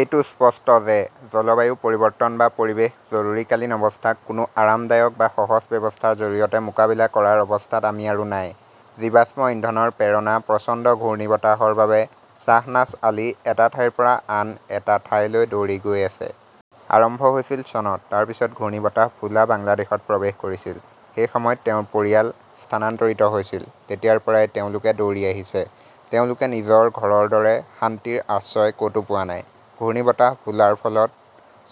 এইটো স্পষ্ট যে জলবায়ু পৰিৱৰ্তন বা পৰিৱেশ জৰুৰীকালীন অৱস্থাক কোনো আৰামদায়ক বা সহজ ব্যৱস্থাৰ জৰিয়তে মোকাবিলা কৰাৰ অৱস্থাত আমি আৰু নাই। জীৱাশ্ম ইন্ধনৰ প্ৰেৰণা প্ৰচণ্ড ঘূৰ্ণীবতাহৰ বাবে শ্বাহনাজ আলী এটা ঠাইৰ পৰা আন এটা ঠাইলৈ দৌৰি গৈ আছে। আৰম্ভ হৈছিল চনত। তাৰ পিছত ঘূৰ্ণীবতাহ ভোলা বাংলাদেশত প্ৰৱেশ কৰিছিল। সেই সময়ত তেওঁৰ পৰিয়াল স্থানান্তৰিত হৈছিল। তেতিয়াৰ পৰাই তেওঁলোকে দৌৰি আহিছে; তেওঁলোকে নিজৰ ঘৰৰ দৰে শান্তিৰ আশ্ৰয় ক "তো পোৱা নাই। ঘূৰ্ণীবতাহ ভোলাৰ ফলত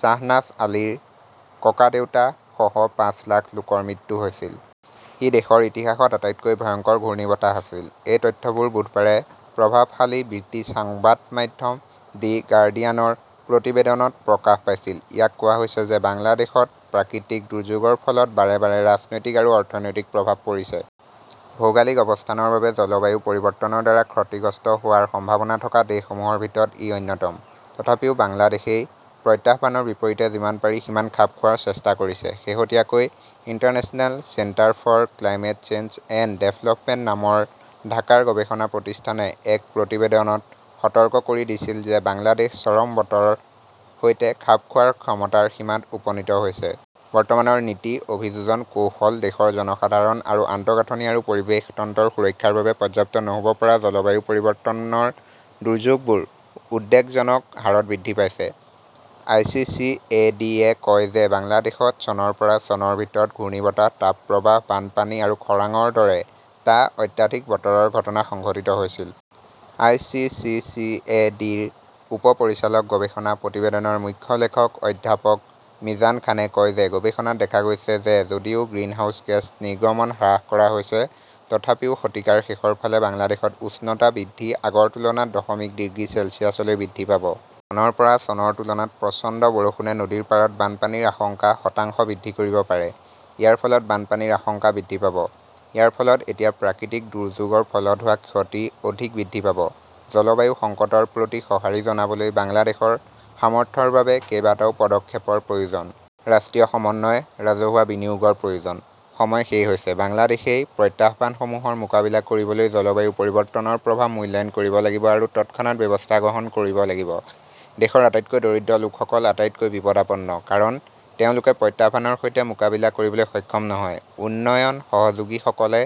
শ্বাহনাজ আলীৰ ককাদেউতা সহ পাঁচ লাখ লোকৰ মৃত্যু হৈছিল। ই দেশৰ ইতিহাসত আটাইতকৈ ভয়ংকৰ ঘূৰ্ণীবতাহ আছিল। এই তথ্যবোৰ বুধবাৰে প্ৰভাৱশালী ব্ৰিটিছ সংবাদ মাধ্যম দ্য গাৰ্ডিয়ানৰ প্ৰতিবেদনত প্ৰকাশ পাইছিল। ইয়াত কোৱা হৈছে যে বাংলাদেশত প্ৰাকৃতিক দুৰ্যোগৰ ফলত বাৰে বাৰে ৰাজনৈতিক আৰু অৰ্থনৈতিক প্ৰভাৱ পৰিছে। ভৌগোলিক অৱস্থানৰ বাবে জলবায়ু পৰিৱৰ্তনৰ দ্বাৰা ক্ষতিগ্ৰস্ত হোৱাৰ সম্ভাৱনা থকা দেশসমূহৰ ভিতৰত ই অন্যতম। তথাপিও বাংলাদেশই প্ৰত্যাহ্বানৰ বিপৰীতে যিমান পাৰি সিমান খাপ খোৱাৰ চেষ্টা কৰিছে। শেহতীয়াকৈ, International Centre for Climate Change and Development নামৰ ঢাকাৰ গৱেষণা প্ৰতিষ্ঠানে এক প্ৰতিবেদনত সতৰ্ক কৰি দিছিল যে বাংলাদেশ চৰম বতৰৰ সৈতে খাপ খোৱাৰ ক্ষমতাৰ সীমাত উপনীত হৈছে। বৰ্তমানৰ নীতি, অভিযোজন কৌশল দেশৰ জনসাধাৰণ আৰু আন্তঃগাঁথনি আৰু পৰিৱেশ তন্ত্ৰৰ সুৰক্ষাৰ বাবে পৰ্যাপ্ত নহ 'ব পৰা জলবায়ু পৰিৱৰ্তনৰ দুৰ্যোগবোৰ উদ্বেগজনক হাৰত বৃদ্ধি পাইছে। I. C. C. C. A. D. -য়ে কয় যে বাংলাদেশত চনৰ পৰা চনৰ ভিতৰত ঘূৰ্ণীবতাহ, তাপপ্ৰবাহ, বানপানী আৰু খৰাংৰ দৰে টা অত্যাধিক বতৰৰ ঘটনা সংঘটিত হৈছিল। I. C. C. C. A. D. -ৰ উপ-পৰিচালক গৱেষণা প্ৰতিবেদনৰ মুখ্য লেখক অধ্যাপক মিজান খানে কয় যে গৱেষণাত দেখা গৈছে যে যদিও গ্ৰিনহাউজ গেছ নিৰ্গমন হ্ৰাস কৰা হৈছে, তথাপিও শতিকাৰ শেষৰ ফালে বাংলাদেশত উষ্ণতা বৃদ্ধি আগৰ তুলনাত দশমিক ডিগ্ৰী চেলছিয়াছলৈ বৃদ্ধি পাব। চনৰ পৰা চনৰ তুলনাত প্ৰচণ্ড বৰষুণে নদীৰ পাৰত বানপানীৰ আশংকা শতাংশ বৃদ্ধি কৰিব পাৰে। ইয়াৰ ফলত বানপানীৰ আশংকা বৃদ্ধি পাব। ইয়াৰ ফলত এতিয়া প্ৰাকৃতিক দুৰ্যোগৰ ফলত হোৱা ক্ষতি অধিক বৃদ্ধি পাব। জলবায়ু সংকটৰ প্ৰতি সঁহাৰি জনাবলৈ বাংলাদেশৰ সামৰ্থ্যৰ বাবে কেইবাটাও পদক্ষেপৰ প্ৰয়োজন। ৰাষ্ট্ৰীয় সমন্বয়, ৰাজহুৱা বিনিয়োগৰ প্ৰয়োজন। সময় শেষ হৈ গৈছে। বাংলাদেশই প্ৰত্যাহ্বানসমূহৰ মোকাবিলা কৰিবলৈ জলবায়ু পৰিৱৰ্তনৰ প্ৰভাৱ মূল্যায়ন কৰিব লাগিব আৰু তৎক্ষণাত ব্যৱস্থা গ্ৰহণ কৰিব লাগিব। দেশৰ আটাইতকৈ দৰিদ্ৰ লোকসকল আটাইতকৈ বিপদাপন্ন। কাৰণ, তেওঁলোকে প্ৰত্যাহ্বানৰ সৈতে মোকাবিলা কৰিবলৈ সক্ষম নহয়। উন্নয়ন সহযোগীসকলে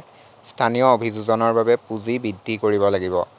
স্থানীয় অভিযোজনৰ বাবে পুঁজি বৃদ্ধি কৰিব লাগিব।